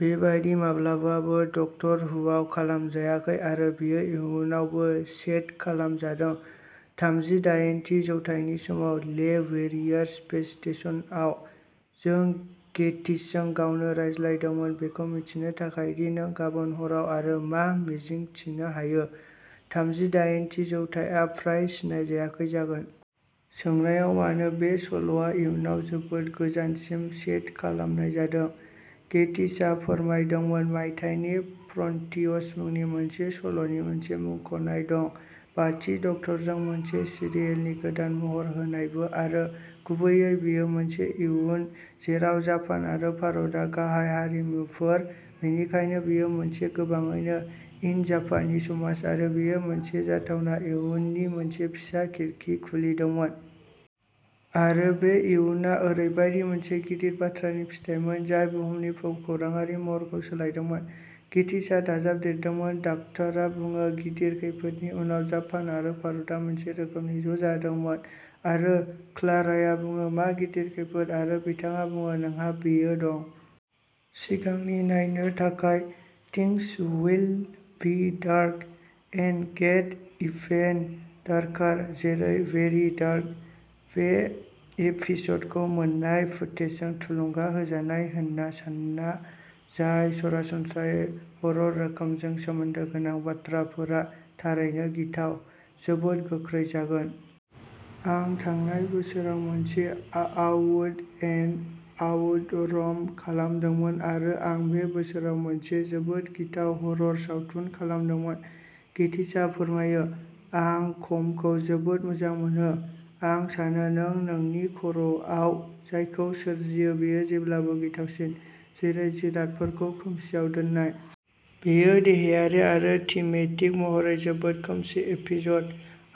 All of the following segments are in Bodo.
बेबादि माब्लाबाबो डक्टर हुआव खालामजायाखै आरो बेयो इयुनावबो सेट खालामजादों, थामजिदायेनथि जौथाइनि समाव ले वेरियार स्पेस स्टेशनआव। जों गेटिसजों गावनो रायज्लायदोंमोन बेखौ मिथिनो थाखाय दि नों गाबोन हराव आरो मा मिजिंथिनो हायो। थामजिदायेनथि जौथाइआ फ्राय सिनायजायै जागोन। सोंनायाव मानो बे सल'आ इयुनाव जोबोद गोजानसिम सेट खालामनाय जादों, गेटिसआ फोरमायदोंमोन, मायथाइनि फ्रन्टियस मुंनि मोनसे सल'नि मोनसे मुंख'नाय दं बाथि डक्टरजों मोनसे सिरियेलनि गोदान महर होनायबो, आरो गुबैयै बेयो मोनसे इयुन जेराव जापान आरो भारतआ गाहाय हारिमुफोर, बेनिखायनो बेयो मोनसे गोबाङैनो इन्ड जापानी समाज आरो बेयो मोनसे जाथावना इयुननि मोनसे फिसा खिरखि खुलिदोंमोन। आरो बे इयुनआ ओरैबायदि मोनसे गिदिर बाथ्रानि फिथाइमोन जाय बुहुमनि भुमखौराङारि महरखौ सोलायदोंमोन। गेटिसआ दाजाबदेरदोंमोन डाक्टरआ बुङो, गिदिर खैफोदनि उनाव, जापान आरो भारतआ मोनसे रोखोमनि ज'जादोंमोन। आरो क्लाराया बुङो, मा गिदिर खैफोद? आरो बिथाङा बुङो, नोंहा बेयो दं। सिगांनि नायनो थाखाय। Things will be dark. And get even darker. जेरै, वेरी डार्क। बे एपिसडखौ मोन्नाय फुटेजजों थुलुंगा होजानाय होन्ना सान्ना, जाय सरासनस्रायै हरर रोखोमजों सोमोन्दो गोनां, बाथ्राफोरा थारैनो गिथाव, जोबोद गोख्रै जागोन। आं थांनाय बोसोराव मोनसे आ आउट-एन्ड-आउट रम्प खालामदोंमोन आरो आं बे बोसोराव मोनसे जोबोद गिथाव हरर सावथुन खालामदोंमोन गेटिसआ फोरमायो। आं खमखौ जोबोद मोजां मोनो। आं सानो नों नोंनि खर'आव जायखौ सोरजियो बेयो जेब्लाबो गिथावसिन, जेरै जिरादफोरखौ खोमसिआव दोननाय। बेयो देहायारि आरो थिमेटिक महरै जोबोद खोमसि एपिसड।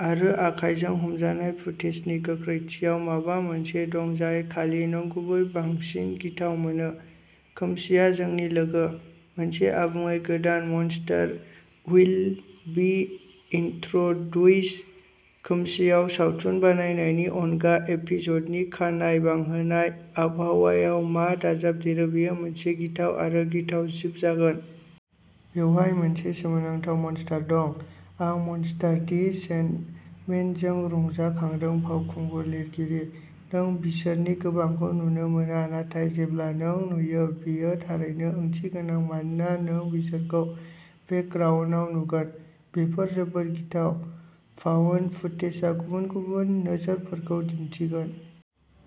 आरो आखायजों हमजानाय फुटेजनि गोख्रैथियाव माबा मोनसे दं जाय खालि नंगुबै, बांसिन गिथाव मोनो। खोमसिआ जोंनि लोगो। मोनसे आबुङै गोदान मनस्टार उइल बि इन्ट्रडुस्ड। खोमसिआव सावथुन बानायनायनि अनगा, एपिसडनि खानाय बांहोनाय आबहावायाव मा दाजाबदेरो बेयो मोनसे गिथाव आरो गिथाव जिब जागोन। बेवहाय मोनसे सोमोनांथाव मनस्टार दं। आं मनस्टार, दि सेन्डमेनजों रंजाखांदों फावखुंगुर लिरगिरि। नों बिसोरनि गोबांखौ नुनो मोना, नाथाय जेब्ला नों नुयो, बेयो थारैनो ओंथिगोनां मानोना नों बिसोरखौ बेकग्राउन्दआव नुगोन। बेफोर जोबोद गिथाव। फाउन्ड फुटेजआ गुबुन गुबुन नोजोरफोरखौ दिन्थिगोन।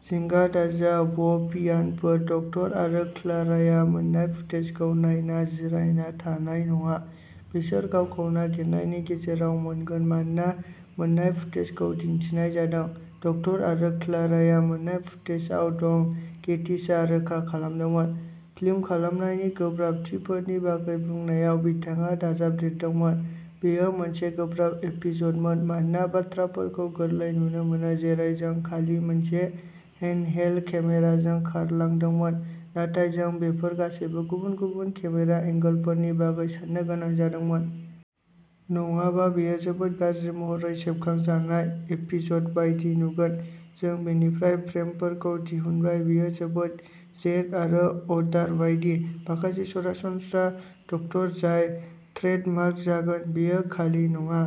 जिंगा दाजा, व्हभियानफोर, डक्टर आरो क्लाराया मोन्नाय फुटेजखौ नायना जिरायना थानाय नङा। बिसोर गावखौ नागिरनायनि गेजेराव मोनगोन मानोना मोन्नाय फुटेजखौ दिन्थिनाय जादों। डक्टर आरो क्लाराया मोन्नाय फुटेजआव दं, गेटिसआ रोखा खालामदोंमोन। फिल्म खालामनायनि गोब्राबथिफोरनि बागै बुंनायाव, बिथाङा दाजाबदेरदोंमोन, बेयो मोनसे गोब्राब एपिसडमोन, मानोना बाथ्राफोरखौ गोरलै नुनो मोनो, जेरै जों खालि मोनसे हेन्डहेल्ड केमेराजों खारलांदोंमोन, नाथाय जों बेफोर गासैबो गुबुन-गुबुन केमेरा एंगोलफोरनि बागै साननो गोनां जादोंमोन। नङाब्ला, बेयो जोबोद गाज्रि महरै सेबखांजानाय एपिसड बायदि नुगोन। जों बेनिफ्राय फ्रेमफोरखौ दिहुनबाय बेयो जोबोद जेर्क आरो अडार बायदि। माखासे सरासनस्रा डक्टर जाय ट्रेडमार्क जागोन। बेयो खालि नङा।